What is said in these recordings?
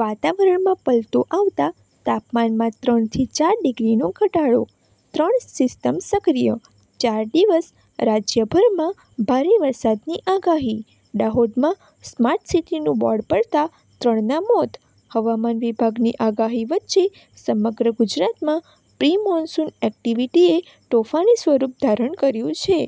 વાતાવરણમાં પલટો આવતા તાપમાનમાં ત્રણ થી ચાર ડિગ્રીનો ઘટાડો. ત્રણ સિસ્ટમ સક્રિય, ચાર દિવસ રાજ્યભરમાં ભારે વરસાદની આગાહી. દાહોદમાં 'સ્માર્ટ સિટી'નું બોર્ડ પડતાં ત્રણ ના મોત. હવામાન વિભાગની આગાહી વચ્ચે સમગ્ર ગુજરાતમાં પ્રી-મોન્સૂન એક્ટિવિટીએ તોફાની સ્વરૂપ ધારણ કર્યું છે.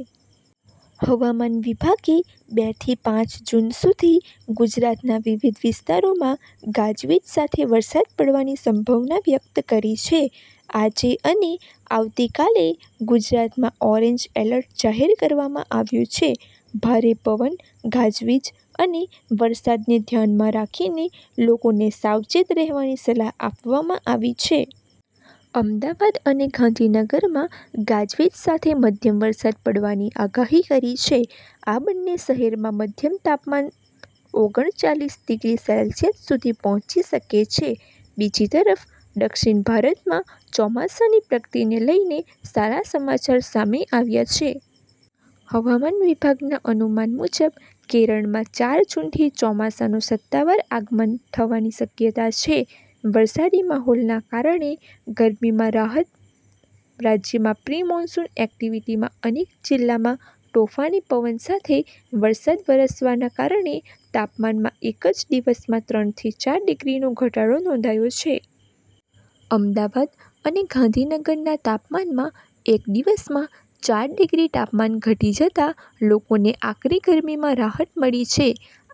હવામાન વિભાગે બે થી પાંચ જૂન સુધી ગુજરાતના વિવિધ વિસ્તારોમાં ગાજવીજ સાથે વરસાદ પડવાની સંભાવના વ્યક્ત કરી છે. આજે અને આવતીકાલે ગુજરાતમાં ઓરેન્જ એલર્ટ જાહેર કરવામાં આવ્યું છે. ભારે પવન, ગાજવીજ અને વરસાદને ધ્યાનમાં રાખીને લોકોને સાવચેત રહેવાની સલાહ આપવામાં આવી છે. અમદાવાદ અને ગાંધીનગરમાં ગાજવીજ સાથે મધ્યમ વરસાદ પડવાની આગાહી કરી છે. આ બન્ને શહેરમાં મહત્તમ તાપમાન ઓગન ચાલીસ ડિગ્રી સેલ્સિયસ સુધી પહોંચી શકે છે. બીજી તરફ, દક્ષિણ ભારતમાં ચોમાસાની પ્રગતિને લઈને સારા સમાચાર સામે આવ્યા છે. હવામાન વિભાગના અનુમાન મુજબ, કેરળમાં ચાર જૂનથી ચોમાસાનું સત્તાવાર આગમન થવાની શક્યતા છે. વરસાદી માહોલના કારણે ગરમીમાં રાહત રાજ્યમાં પ્રિમોન્સૂન એક્ટિવિટીમાં અનેક જિલ્લામાં તોફાની પવન સાથે વરસાદ વરસવાના કારણે તાપમાનમાં એક જ દિવસમાં ત્રણ થી ચાર ડિગ્રીનો ઘટાડો નોંધાયો છે. અમદાવાદ અને ગાંધીનગરના તાપમાનમાં એક દિવસમાં ચાર ડિગ્રી તાપમાન ઘટી જતા લોકોને આકરી ગરમીમાં રાહત મળી છે.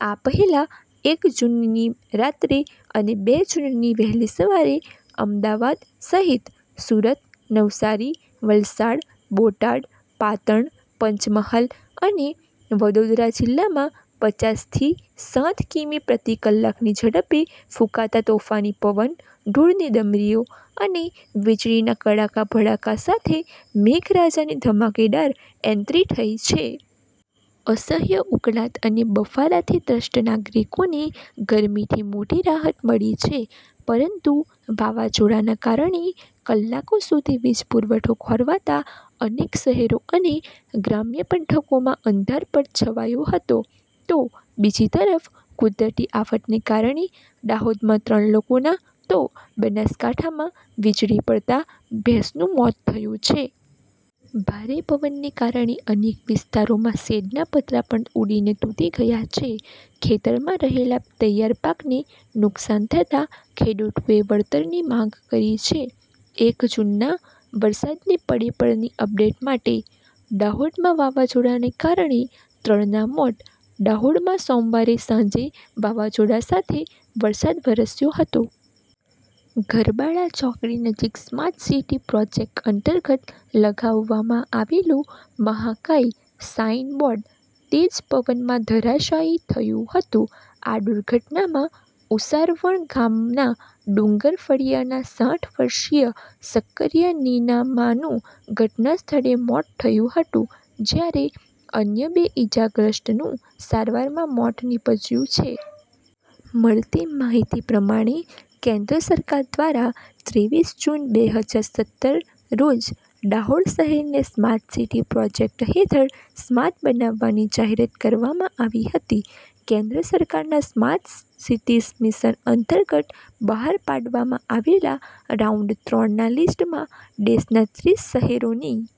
આ પહેલાં એક જૂનની રાત્રે અને બે જૂનની વહેલી સવારે અમદાવાદ સહિત સુરત, નવસારી, વલસાડ, બોટાદ, પાટણ, પંચમહાલ અને વડોદરા જિલ્લામાં પચાસ થી ચાઠ કિમી પ્રતિ કલાકની ઝડપે ફૂંકાતા તોફાની પવન, ધૂળની ડમરીઓ અને વીજળીના કડાકા-ભડાકા સાથે મેઘરાજાની ધમાકેદાર એન્ટ્રી થઈ છે. અસહ્ય ઉકળાટ અને બફારાથી ત્રસ્ત નાગરિકોને ગરમીથી મોટી રાહત મળી છે, પરંતુ વાવાઝોડાને કારણે કલાકો સુધી વીજ પુરવઠો ખોરવાતા અનેક શહેરો અને ગ્રામ્ય પંથકોમાં અંધારપટ છવાયો હતો. તો બીજી તરફ કુદરતી આફતના કારણે દાહોદમાં ત્રણ લોકોના તો બનાસકાંઠામાં વીજળી પડતા ભેંસનું મોત થયું છે. ભારે પવનને કારણે અનેક વિસ્તારોમાં શેડના પતરા પણ ઉડીને તૂટી ગયાં છે. ખેતરમાં રહેલા તૈયાર પાકને નુકસાન થતાં ખેડૂતોએ વળતરની માગ કરી છે. એક જૂનના વરસાદની પળેપળની અપડેટ માટે. દાહોદમાં વાવાઝોડાને કારણે ત્રણના મોત દાહોદમાં સોમવારે સાંજે વાવાઝોડા સાથે વરસાદ વરસ્યો હતો. ગરબાડા ચોકડી નજીક સ્માર્ટ સિટી પ્રોજેક્ટ અંતર્ગત લગાવવામાં આવેલું મહાકાય સાઈન બોર્ડ તેજ પવનમાં ધરાશાયી થયું હતું. આ દુર્ઘટનામાં ઉસારવણ ગામના ડુંગર ફળિયાના સાઠ વર્ષીય શક્કરિયા નિનામાનું ઘટનાસ્થળે મોત થયું હતું, જ્યારે અન્ય બે ઈજાગ્રસ્તનું સારવારમાં મોત નીપજ્યું છે. મળતી માહિતી પ્રમાણે, કેન્દ્ર સરકાર દ્વારા ત્રેવીસ જૂન, બે હજાર સત્તર રોજ દાહોદ શહેરને સ્માર્ટ સિટી પ્રોજેક્ટ હેથળ સ્માર્ટ બનાવવાની જાહેરાત કરવામાં આવી હતી. કેન્દ્ર સરકારના 'સ્માર્ટ સિટીઝ મિશન' અંતર્ગત બહાર પાડવામાં આવેલા રાઉન્ડ-ત્રણ ના લિસ્ટમાં દેશના ત્રીસ શહેરોની